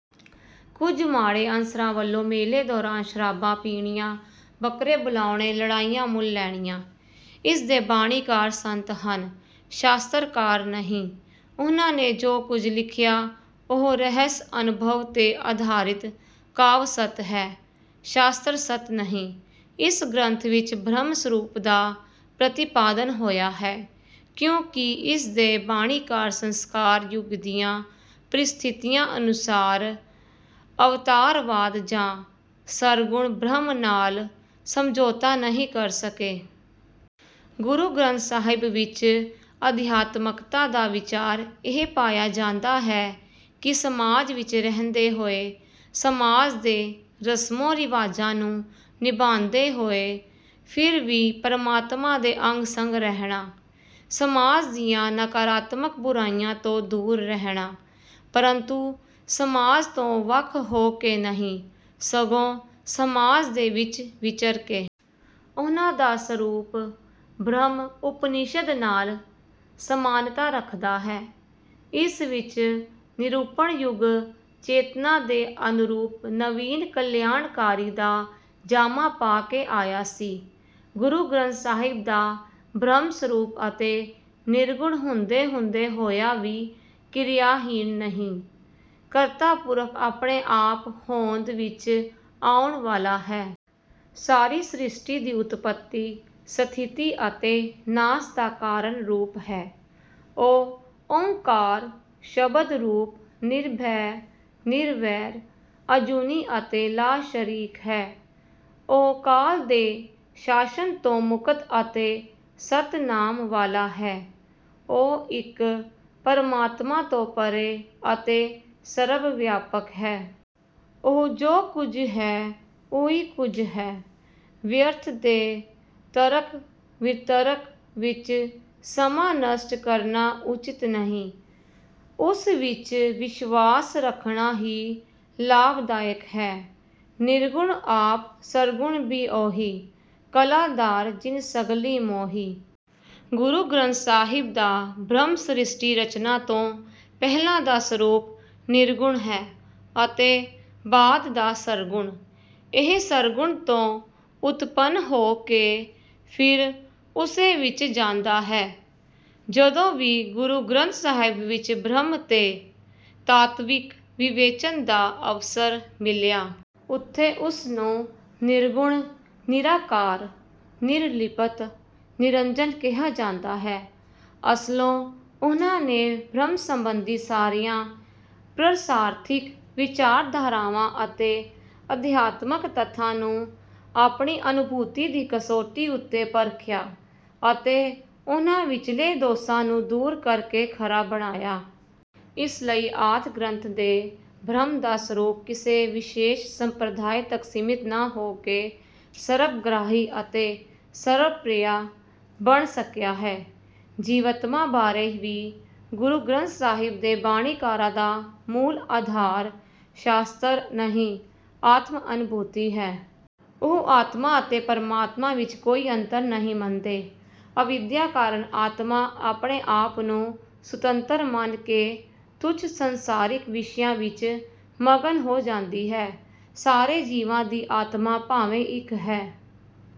ਕੁਝ ਮਾੜੇ ਅਨਸਰਾਂ ਵੱਲੋਂ ਮੇਲੇ ਦੌਰਾਨ ਸ਼ਰਾਬਾਂ ਪੀਣੀਆਂ, ਬੱਕਰੇ ਬੁਲਾਉਣੇ, ਲੜਾਈਆਂ ਮੁੱਲ ਲੈਣੀਆਂ। ਇਸਦੇ ਬਾਣੀਕਾਰ ਸੰਤ ਹਨ, ਸਾਸ਼ਤਰਕਾਰ ਨਹੀਂ। ਉਨ੍ਹਾਂ ਨੇ ਜੋ ਕੁੱਝ ਲਿਖਿਆ, ਉਹ ਰਹੱਸ-ਅਨੁਭਵ 'ਤੇ ਅਧਾਰਿਤ ਕਾਵਿ-ਸਤਿ ਹੈ, ਸਾਸ਼ਤਰ-ਸਤ ਨਹੀਂ। ਇਸ ਗ੍ਰੰਥ ਵਿਚ ਬ੍ਰਹਮ ਸਰੂਪ ਦਾ ਪ੍ਰਤੀਪਾਦਨ ਹੋਇਆ ਹੈ, ਕਿਉਂਕਿ ਇਸਦੇ ਬਾਣੀਕਾਰ ਸੰਸਕਾਰ ਯੁਗ ਦੀਆਂ ਪਰਿਸਥਿਤੀਆਂ ਅਨੁਸਾਰ ਅਵਤਾਰਵਾਦ ਜਾਂ ਸਰਗੁਣ ਬ੍ਰਹਮ ਨਾਲ ਸਮਝੌਤਾ ਨਹੀਂ ਕਰ ਸਕੇ। ਗੁਰੂ ਗ੍ਰੰਥ ਸਾਹਿਬ ਵਿਚ ਅਧਿਆਤਮਕਤਾ ਦਾ ਵਿਚਾਰ ਇਹ ਪਾਇਆ ਜਾਂਦਾ ਹੈ ਕਿ ਸਮਾਜ ਵਿਚ ਰਹਿੰਦੇ ਹੋਏ, ਸਮਾਜ ਦੇ ਰਮਮੋਂ-ਰਿਵਾਜਾਂ ਨੂੰ ਨਿਭਾਉਂਦੇ ਹੋਏ ਫਿਰ ਵੀ ਪਰਮਾਤਮਾ ਦੇ ਅੰਗ-ਸੰਗ ਰਹਿਣਾ। ਸਮਾਜ ਦੀਆਂ ਨਾਕਾਰਾਤਮਕ ਬੁਰਾਈਆਂ ਤੋਂ ਦੂਰ ਰਹਿਣਾ, ਪਰੰਤੂ ਸਮਾਜ ਤੋਂ ਵੱਖ ਹੋ ਕੇ ਨਹੀਂ ਸਗੋਂ ਸਮਾਜ ਦੇ ਵਿਚ ਵਿਚਰ ਕੇ। ਉਨ੍ਹਾਂ ਦਾ ਸਰੂਪ ਬ੍ਰਹਮ ਉਪਨਿਸ਼ਦ ਨਾਲ ਸਮਾਨਤਾ ਰੱਖਦਾ ਹੈ। ਇਸ ਵਿਚ ਨਿਰੂਪਣ ਯੁੱਗ ਚੇਤਨਾ ਦੇ ਅਨੁਰੂਪ ਨਵੀਨ ਕਲਿਆਣਕਾਾਰੀ ਦਾ ਜਾਮਾ ਪਾ ਕੇ ਆਇਆ ਸੀ। ਗੁਰੂ ਗ੍ਰੰਥ ਸਾਹਿਬ ਦਾ ਬ੍ਰਹਮ ਸਰੂਪ ਅਤੇ ਨਿਰਗੁਣ ਹੁੰਦੇ ਹੁੰਦੇ ਹੋਇਆਂ ਵੀ ਕਿਰਿਆਹੀਣ ਨਹੀਂ, ਕਰਤਾ ਪੁਰਖ ਆਪਣੇ ਆਪ ਹੋਂਦ ਵਿਚ ਆਉਂਣ ਵਾਲਾ ਹੈ। ਸਾਰੀ ਸਿ੍ਰਸ਼ਟੀ ਦੀ ਉਤਪਤੀ, ਸਥਿਤੀ ਅਤੇ ਨਾਸ ਦਾ ਕਾਰਨ ਰੂਪ ਹੈ। ਉਹ ਓਅੰਕਾਰ, ਸ਼ਬਦ ਰੂਪ, ਨਿਰਭੈ, ਨਿਰਵੈਰ, ਅਜੂਨੀ ਅਤੇ ਲਾ-ਸ਼ਰੀਕ ਹੈ। ਉਹ ਕਾਲ ਦੇ ਸ਼ਾਸ਼ਨ ਤੋਂ ਮੁਕਤ ਅਤੇ ਸਤਿਨਾਮ ਵਾਲਾ ਹੈ। ਉਹ ਇੱਕ ਪਰਮਾਤਮਾ ਤੋਂ ਪਰ੍ਹੇ ਅਤੇ ਸਰਬ-ਵਿਆਪਕ ਹੈ। ਉਹ ਜੋ ਕੁੱਝ ਹੈ, ਉਹੀ ਕੁੱਝ ਹੈ। ਵਿਅਰਥ ਦੇ ਤਰਕ ਵਿਤਰਕ ਵਿਚ ਸਮਾਂ ਨਸ਼ਟ ਕਰਨਾ ਉਚਿਤ ਨਹੀਂ। ਉਸ ਵਿਚ ਵਿਸ਼ਵਾਸ ਰੱਖਣਾ ਹੀ ਲਾਭਦਾਇਕ ਹੈ। ਨਿਰਗੁਣ ਆਪਿ ਸਰਗੁਣੁ ਭੀ ਉਹੀ।। ਕਲਾ ਧਾਰਿ ਜਿਨਿ ਸਗਲੀ ਮੋਹੀ।। ਗੁਰੂ ਗ੍ਰੰਥ ਸਾਹਿਬ ਦਾ ਬ੍ਰਹਮ ਸਿ੍ਰਸ਼ਟੀ ਰਚਨਾ ਤੋਂ ਪਹਿਲਾਂ ਦਾ ਸਰੂਪ ਨਿਰਗੁਣ ਹੈ ਅਤੇ ਬਾਅਦ ਦਾ ਸਰਗੁਣ। ਇਹ ਸਰਗੁਣ ਤੋਂ ਉਤਪੰਨ ਹੋ ਕੇ ਫਿਰ ਉਸੇ ਵਿਚ ਜਾਂਦਾ ਹੈ। ਜਦੋਂ ਵੀ ਗੁਰੂ ਗ੍ਰੰਥ ਸਾਹਿਬ ਵਿਚ ਬ੍ਰਹਮ ਦੇ ਤਾਤਵਿਕ ਵਿਵੇਚਨ ਦਾ ਅਵਸਰ ਮਿਲਿਆ। ਉੱਥੇ ਉਸਨੂੰ ਨਿਰਗੁਣ, ਨਿਰਾਕਾਰ, ਨਿਰਲਿਪਤ, ਨਿਰੰਜਨ ਕਿਹਾ ਜਾਂਦਾ ਹੈ। ਅਸਲੋਂ ਉਨ੍ਹਾਂ ਨੇ ਬ੍ਰਹਮ ਸੰਬੰਧੀ ਸਾਰੀਆਂ ਪ੍ਰਰਸਾਰਥਿਕ ਵਿਚਾਰਧਾਰਾਵਾਂ ਅਤੇ ਅਧਿਆਤਮਕ ਤੱਥਾਂ ਨੂੰ ਆਪਣੀ ਅਨੂਭੂਤੀ ਦੀ ਕਸੌਟੀ ਉੱਤੇ ਪਰਖਿਆ ਅਤੇ ਉਨ੍ਹਾਂ ਵਿਚਲੇ ਦੋਸਾਂ ਨੂੰ ਦੂਰ ਕਰਕੇ ਖਰਾ ਬਣਾਇਆ। ਇਸ ਲਈ ਆਦਿ ਗ੍ਰੰਥ ਦੇ ਬ੍ਰਹਮ ਦਾ ਸਰੂਪ ਕਿਸੇ ਵਿਸ਼ੇਸ਼ ਸੰਪਰਦਾਇ ਤੱਕ ਸੀਮਿਤ ਨਾ ਹੋ ਕੇ ਸਰਬਗ੍ਰਾਹੀ ਅਤੇ ਸਰਵ ਪਿ੍ਰਯਾ ਬਣ ਸਕਿਆ ਹੈੇੇ। ਜੀਵਤਮਾ ਬਾਰੇ ਵੀ ਗੁਰੂ ਗ੍ਰੰਥ ਸਾਹਿਬ ਦੇ ਬਾਣੀਕਾਰਾਂ ਦਾ ਮੂਲ ਅਧਾਰ ਸਾਸ਼ਤਰ ਨਹੀਂ, ਆਤਮ ਅਨੂਭੂਤੀ ਹੈ। ਉਹ ਆਤਮਾ ਅਤੇ ਪਰਮਾਤਮਾ ਵਿਚ ਕੋਈ ਅੰਤਰ ਨਹੀਂ ਮੰਨਦੇ। ਅਵਿਦਿਆ ਕਾਰਨ ਆਤਮਾ ਆਪਣੇ ਆਪ ਨੂੰ ਸੁਤੰਤਰ ਮੰਨ ਕੇ ਤੁੱਛ ਸੰਸਾਰਿਕ ਵਿਸ਼ਿਆਂ ਵਿਚ ਮਗਨ ਹੋ ਜਾਂਦੀ ਹੈ। ਸਾਰੇ ਜੀਵਾਂ ਦੀ ਆਤਮਾ ਭਾਵੇਂ ਇਕ ਹੈ,